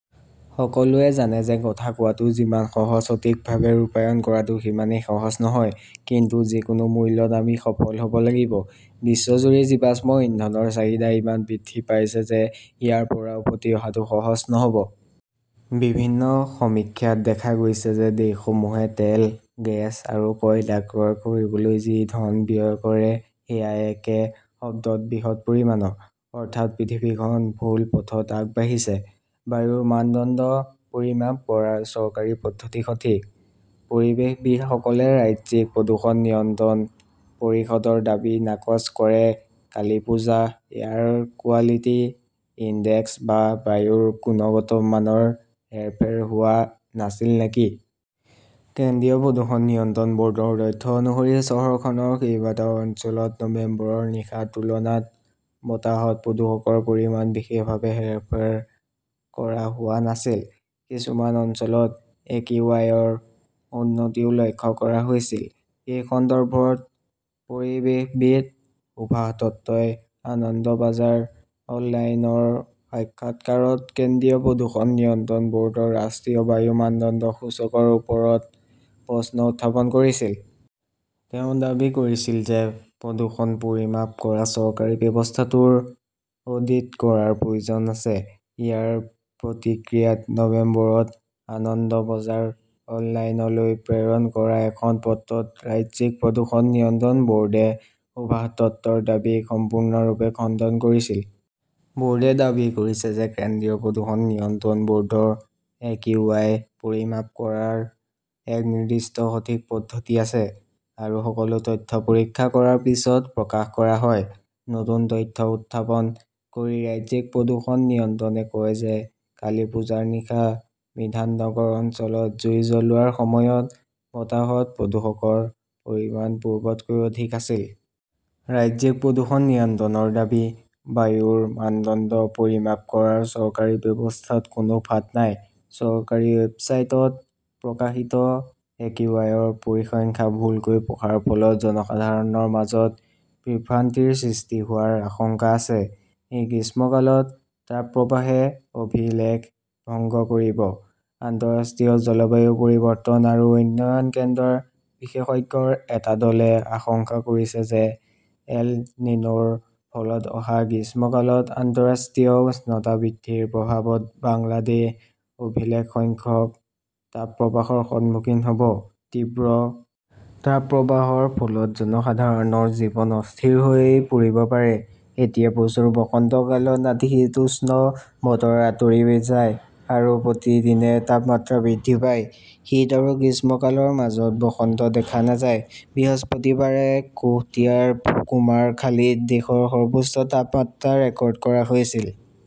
সকলোৱে জানে যে কথা কোৱাটো যিমান সহজ, সঠিকভাৱে ৰূপায়ণ কৰাটো সিমানেই সহজ নহয়। কিন্তু যিকোনো মূল্যত আমি সফল হ'ব লাগিব। বিশ্বজুৰি জীৱাশ্ম ইন্ধনৰ চাহিদা ইমান বৃদ্ধি পাইছে যে ইয়াৰ পৰা উভতি অহাটো সহজ নহ'ব। বিভিন্ন সমীক্ষাত দেখা গৈছে যে দেশসমূহে তেল, গেছ আৰু কয়লা ক্ৰয় কৰিবলৈ যি ধন ব্যয় কৰে সেয়া একে শব্দত 'বৃহৎ পৰিমাণৰ'। অৰ্থাৎ, পৃথিৱীখন ভুল পথত আগবাঢ়িছে। বায়ুৰ মানদণ্ড পৰিমাপ কৰাৰ চৰকাৰী পদ্ধতি সঠিক, পৰিৱেশবিদসকলে ৰাজ্যিক প্ৰদূষণ নিয়ন্ত্ৰণ পৰিষদৰ দাবী নাকচ কৰে কালিপূজা এয়াৰ কোৱালিটি ইনডেক্স বা বায়ুৰ গুণগত মানৰ হেৰফেৰ হোৱা নাছিল নেকি? কেন্দ্ৰীয় প্ৰদূষণ নিয়ন্ত্ৰণ বৰ্ডৰ তথ্য অনুসৰি, চহৰখনৰ কেইবাটাও অঞ্চলত নৱেম্বৰৰ নিশা তুলনাত বতাহত প্ৰদূষকৰ পৰিমাণ বিশেষভাৱে হেৰফেৰ কৰা হোৱা নাছিল। কিছুমান অঞ্চলত একিউআইৰ উন্নতিও লক্ষ্য কৰা হৈছিল। এই সন্দৰ্ভত পৰিৱেশবিদ সুভাষ দত্তই আনন্দবাজাৰ অনলাইনৰ সাক্ষাৎকাৰত কেন্দ্ৰীয় প্ৰদূষণ নিয়ন্ত্ৰণ বৰ্ডৰ ৰাষ্ট্ৰীয় বায়ু মানদণ্ড সূচকৰ ওপৰত প্ৰশ্ন উত্থাপন কৰিছিল। তেওঁ দাবী কৰিছিল যে প্ৰদূষণ পৰিমাপ কৰা চৰকাৰী ব্যৱস্থাটোৰ অডিট কৰাৰ প্ৰয়োজন আছে। ইয়াৰ প্ৰতিক্ৰিয়াত নৱেম্বৰত আনন্দ বজাৰ অনলাইনলৈ প্ৰেৰণ কৰা এখন পত্ৰত ৰাজ্যিক প্ৰদূষণ নিয়ন্ত্ৰণ বৰ্ডে সুভাষ দত্তৰ দাবীক সম্পূৰ্ণৰূপে খণ্ডন কৰিছিল। বৰ্ডে দাবী কৰিছে যে কেন্দ্ৰীয় প্ৰদূষণ নিয়ন্ত্ৰণ বৰ্ডৰ একিউআই পৰিমাপ কৰাৰ এক নিৰ্দিষ্ট সঠিক পদ্ধতি আছে আৰু সকলো তথ্য পৰীক্ষা কৰাৰ পিছত প্ৰকাশ কৰা হয়। নতুন তথ্য উপস্থাপন কৰি ৰাজ্যিক প্ৰদূষণ নিয়ন্ত্ৰণে কয় যে কালিপূজাৰ নিশা বিধাননগৰ অঞ্চলত জুই জ্বলোৱাৰ সময়ত বতাহত প্ৰদূষকৰ পৰিমাণ পূৰ্বতকৈ অধিক আছিল। ৰাজ্যিক প্ৰদূষণ নিয়ন্ত্ৰণৰ দাবী, বায়ুৰ মানদণ্ড পৰিমাপ কৰাৰ চৰকাৰী ব্যৱস্থাত কোনো ফাঁদ নাই, চৰকাৰী ৱেবছাইটত প্ৰকাশিত একিউআইৰ পৰিসংখ্যা ভুলকৈ পঢ়াৰ ফলত জনসাধাৰণৰ মাজত বিভ্ৰান্তিৰ সৃষ্টি হোৱাৰ আশংকা আছে। এই গ্ৰীষ্মকালত তাপপ্ৰবাহে অভিলেখ ভংগ কৰিব আন্তঃৰাষ্ট্ৰীয় জলবায়ু পৰিৱৰ্তন আৰু উন্নয়ন কেন্দ্ৰৰ বিশেষজ্ঞৰ এটা দলে আশংকা কৰিছে যে এল নিন'ৰ ফলত অহা গ্ৰীষ্মকালত আন্তঃৰাষ্ট্ৰীয় উষ্ণতা বৃদ্ধিৰ প্ৰভাৱত বাংলাদেশ অভিলেখ সংখ্যক তাপপ্ৰবাহৰ সন্মুখীন হ'ব। তীব্ৰ তাপপ্ৰবাহৰ ফলত জনসাধাৰণৰ জীৱন অস্থিৰ হৈ পৰিব পাৰে। এতিয়া প্ৰচুৰ বসন্তকালত নাতিশীতোষ্ণ বতৰ আঁতৰি যায় আৰু প্ৰতিদিনে তাপমাত্ৰা বৃদ্ধি পায়। শীত আৰু গ্ৰীষ্মকালৰ মাজত বসন্ত দেখা নাযায়। বৃহস্পতিবাৰে কুশটিয়াৰ কুমাৰখালীত দেশৰ সৰ্বোচ্চ তাপমাত্ৰা ৰেকৰ্ড কৰা হৈছিল।